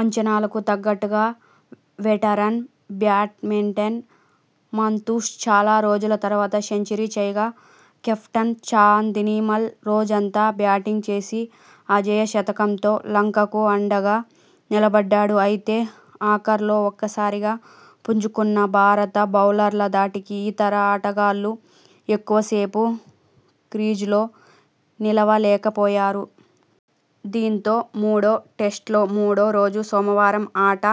అంచనాలకు తగ్గట్టుగా veteran batsman Mathews చాలా రోజుల తర్వాత సెంచరీ చేయగా కెప్టెన్ చాందిమల్ రోజంతా బ్యాటింగ్ చేసి అజేయ శతకంతో లంకకు అండగా నిలబడ్డాడు. అయితే ఆఖర్లో ఒక్క సారిగా పుంజుకున్న భారత బౌలర్ల ధాటికి ఇతర ఆటగాళ్లు ఎక్కువ సేపు క్రీజులో నిలవలేకపోయారు. దీంతో మూడో టెస్టులో మూడో రోజు సోమవారం ఆట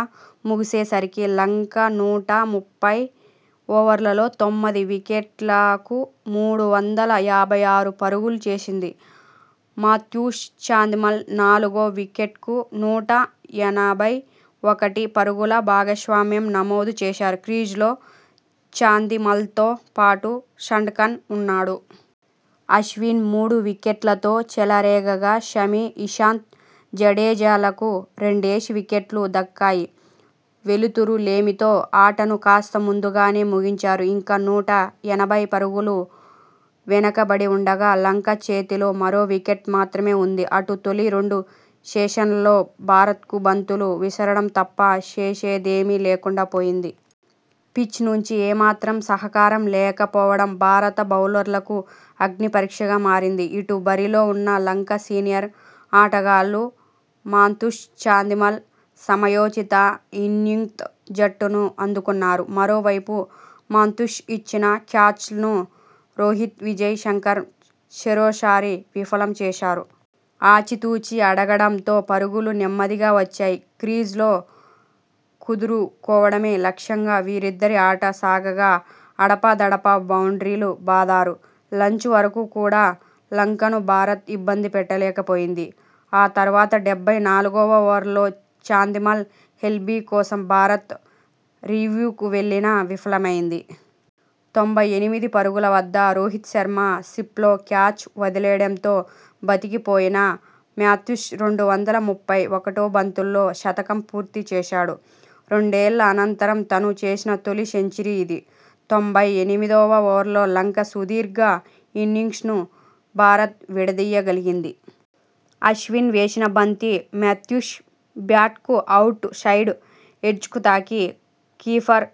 ముగిసే సరికి లంక నూట ముప్పై ఓవర్లలో తొమ్మిది వికెట్లకు మూడు వందల యాభై ఆరు పరుగులు చేసింది. మాథ్యూస్, చాందిమల్ నాలుగో వికెట్కు నూట ఎనభై ఒకటి పరుగుల భాగస్వామ్యం నమోదు చేశారు. క్రీజులో చాందిమల్తో పాటు సండకన్ ఉన్నాడు. అశ్విన్ మూడు వికెట్లతో చెలరేగగా షమీ, ఇషాంత్, జడేజాలకు రెండేసి వికెట్లు దక్కాయి. వెలుతురు లేమితో ఆటను కాస్త ముందు గానే ముగించారు. ఇంకా నూట ఎనభై పరుగులు వెనక బడి ఉండగా లంక చేతిలో మరో వికెట్ మాత్రమే ఉంది. అటు తొలి రెండు సెషన్లలో భారత్కు బంతులు విసరడం తప్ప చేసే దేమీ లేకుండా పోయింది. పిచ్ నుంచి ఏమాత్రం సహకారం లేక పోవడం భారత బౌలర్లకు అగ్నిపరీక్షగా మారింది. ఇటు బరిలో ఉన్న లంక సీనియర్ ఆటగాళ్లు మాథ్యూస్, చాందిమల్ సమయోచిత ఇన్నింగ్స్తో జట్టును ఆదుకున్నారు. మరో వైపు మాథ్యూస్ ఇచ్చిన క్యాచ్లను రోహిత్, విజయ్ శంకర్ చెరోసారి విఫలం చేశారు. ఆచి తూచి ఆడడంతో పరుగులు నెమ్మదిగా వచ్చాయి. క్రీజులో కుదురు కోవడమే లక్ష్యంగా వీరిద్దరి ఆట సాగగా అడపా దడపా బౌండరీలు బాదారు. లంచ్ వరకు కూడా లంకను భారత్ ఇబ్బంది పెట్టలేక పోయింది. ఆ తర్వాత డెబ్బై నాలుగువ ఓవర్లో చాందిమల్ ఎల్బీ కోసం భారత్ రివ్యూకు వెళ్లినా విఫలమైంది. తొంభై ఎనిమిది పరుగుల వద్ద రోహిత్ శర్మ స్లిప్లో క్యాచ్ వదిలేయడంతో బతికిపోయిన మాథ్యూస్ రెండు వందల ముప్పై ఒకటి బంతుల్లో శతకం పూర్తి చేశాడు. రెండేళ్ల అనంతరం తను చేసిన తొలి సెంచరీ ఇది. తొంభై ఎనిమిదివ ఓవర్లో లంక సుదీర్ఘ ఇన్నింగ్స్ను భారత్ విడదీయ గలిగింది. అశ్విన్ వేసిన బంతి మాథ్యూస్ బ్యాట్కు అవుట్ సైడ్ ఎడ్జ్కు తాకి కీపర్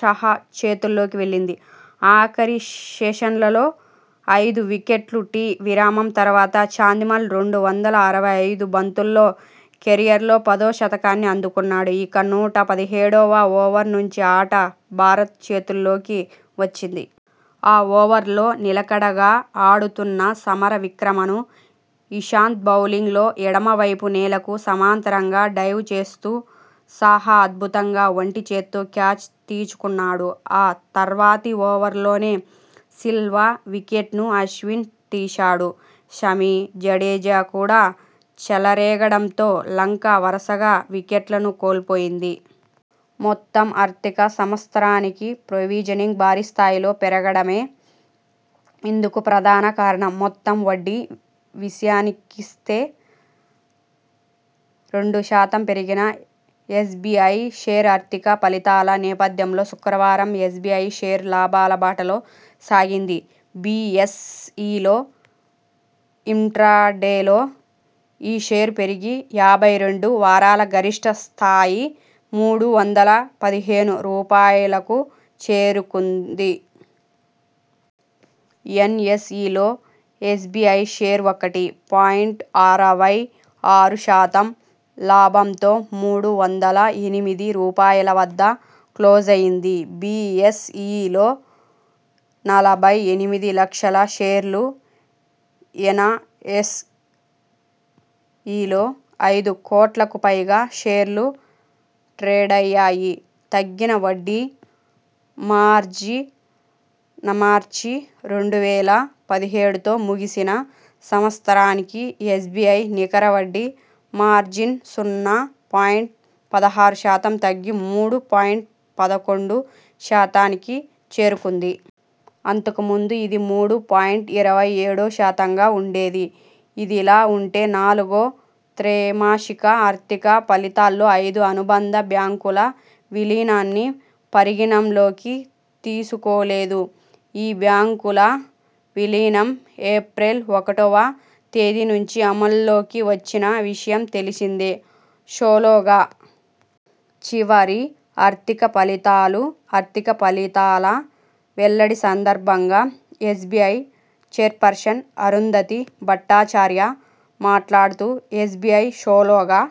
సాహా చేతుల్లోకి వెళ్లింది. ఆఖరి సెషన్లో ఐదు వికెట్లు టీ విరామం తర్వాత చాందిమల్ రెండు వందల అరవై ఐదు బంతుల్లో కెరీర్లో పదో శతకాన్ని అందుకున్నాడు. ఇక నూట పదిహేడువ ఓవర్ నుంచి ఆట భారత్ చేతుల్లోకి వచ్చింది. ఆ ఓవర్లో నిలకడగా ఆడుతున్న సమర విక్రమను ఇషాంత్ బౌలింగ్ లో ఎడమ వైపు నేలకు సమాంతరంగా డైవ్ చేస్తూ సాహా అద్భుతంగా ఒంటి చేత్తో క్యాచ్ తీసుకున్నాడు. ఆ తర్వాతి ఓవర్లోనే సిల్వ వికెట్ను అశ్విన్ తీశాడు. షమీ, జడేజా కూడా చెలరేగడంతో లంక వరుసగా వికెట్లను కోల్పోయింది. మొ త్తం ఆర్థిక సంవత్సరానికి ప్రొవిజనింగ్ భారీ స్థాయిలో పెరగడమే ఇందుకు ప్రధాన కారణం. మొత్తం వడ్డీ విషయానికిస్తే రెండు శాతం పెరిగిన ఎస్బిఐ షేరు ఆర్థిక ఫలితాల నేపథ్యంలో శుక్రవారం ఎస్బిఐ షేరు లాభాల బాటలో సాగింది. బిఎస్ ఇలో ఇంట్రాడేలో ఈ షేరు పెరిగి యాభై రెండు వారాల గరిష్ఠ స్థాయి మూడు వందల పదిహేను రూపాయలకు చేరుకుంది. ఎన్ ఎస్ ఇలో ఎస్బిఐ షేరు ఒకటి పాయింట్ అరవై ఆరు శాతం లాభంతో మూడు వందల ఎనిమిది రూపాయల వద్ద క్లోజైంది. బిఎస్ ఇలో నలభై ఎనిమిది లక్షల షేర్లు, ఎనఎ్సఇలో ఐదు కోట్లకు పైగా షేర్లు ట్రేడయ్యాయి. తగ్గిన వడ్డీ మార్జిన్మార్చి రెండు వేల పదిహేడుతో ముగిసిన సంవత్సరానికి ఎస్బిఐ నికర వడ్డీ మార్జిన్ సున్నా పాయింట్ పదహారు శాతం తగ్గి మూడు పాయింట్ పదకొండు శాతానికి చేరుకుంది. అంతకు ముందు ఇది మూడు పాయింట్ ఇరవై ఏడు శాతంగా ఉండేది. ఇదిలా ఉంటే నాలుగో త్రైమాసిక ఆర్థిక ఫలితాల్లో ఐదు అనుబంధ బ్యాంకుల విలీనాన్ని పరిగణనలోకి తీసుకోలేదు. ఈ బ్యాంకుల విలీనం ఏప్రిల్ ఒకటివ తేదీ నుంచి అమల్లోకి వచ్చిన విషయం తెలిసిందే. సోలోగా చివరి ఆర్థిక ఫలితాలు ఆర్థిక ఫలితాల వెల్లడి సందర్భంగా ఎస్బిఐ చైర్పర్సన్ అరుంధతీ భట్టాచార్య మాట్లాడుతూ ఎస్బిఐ సోలోగా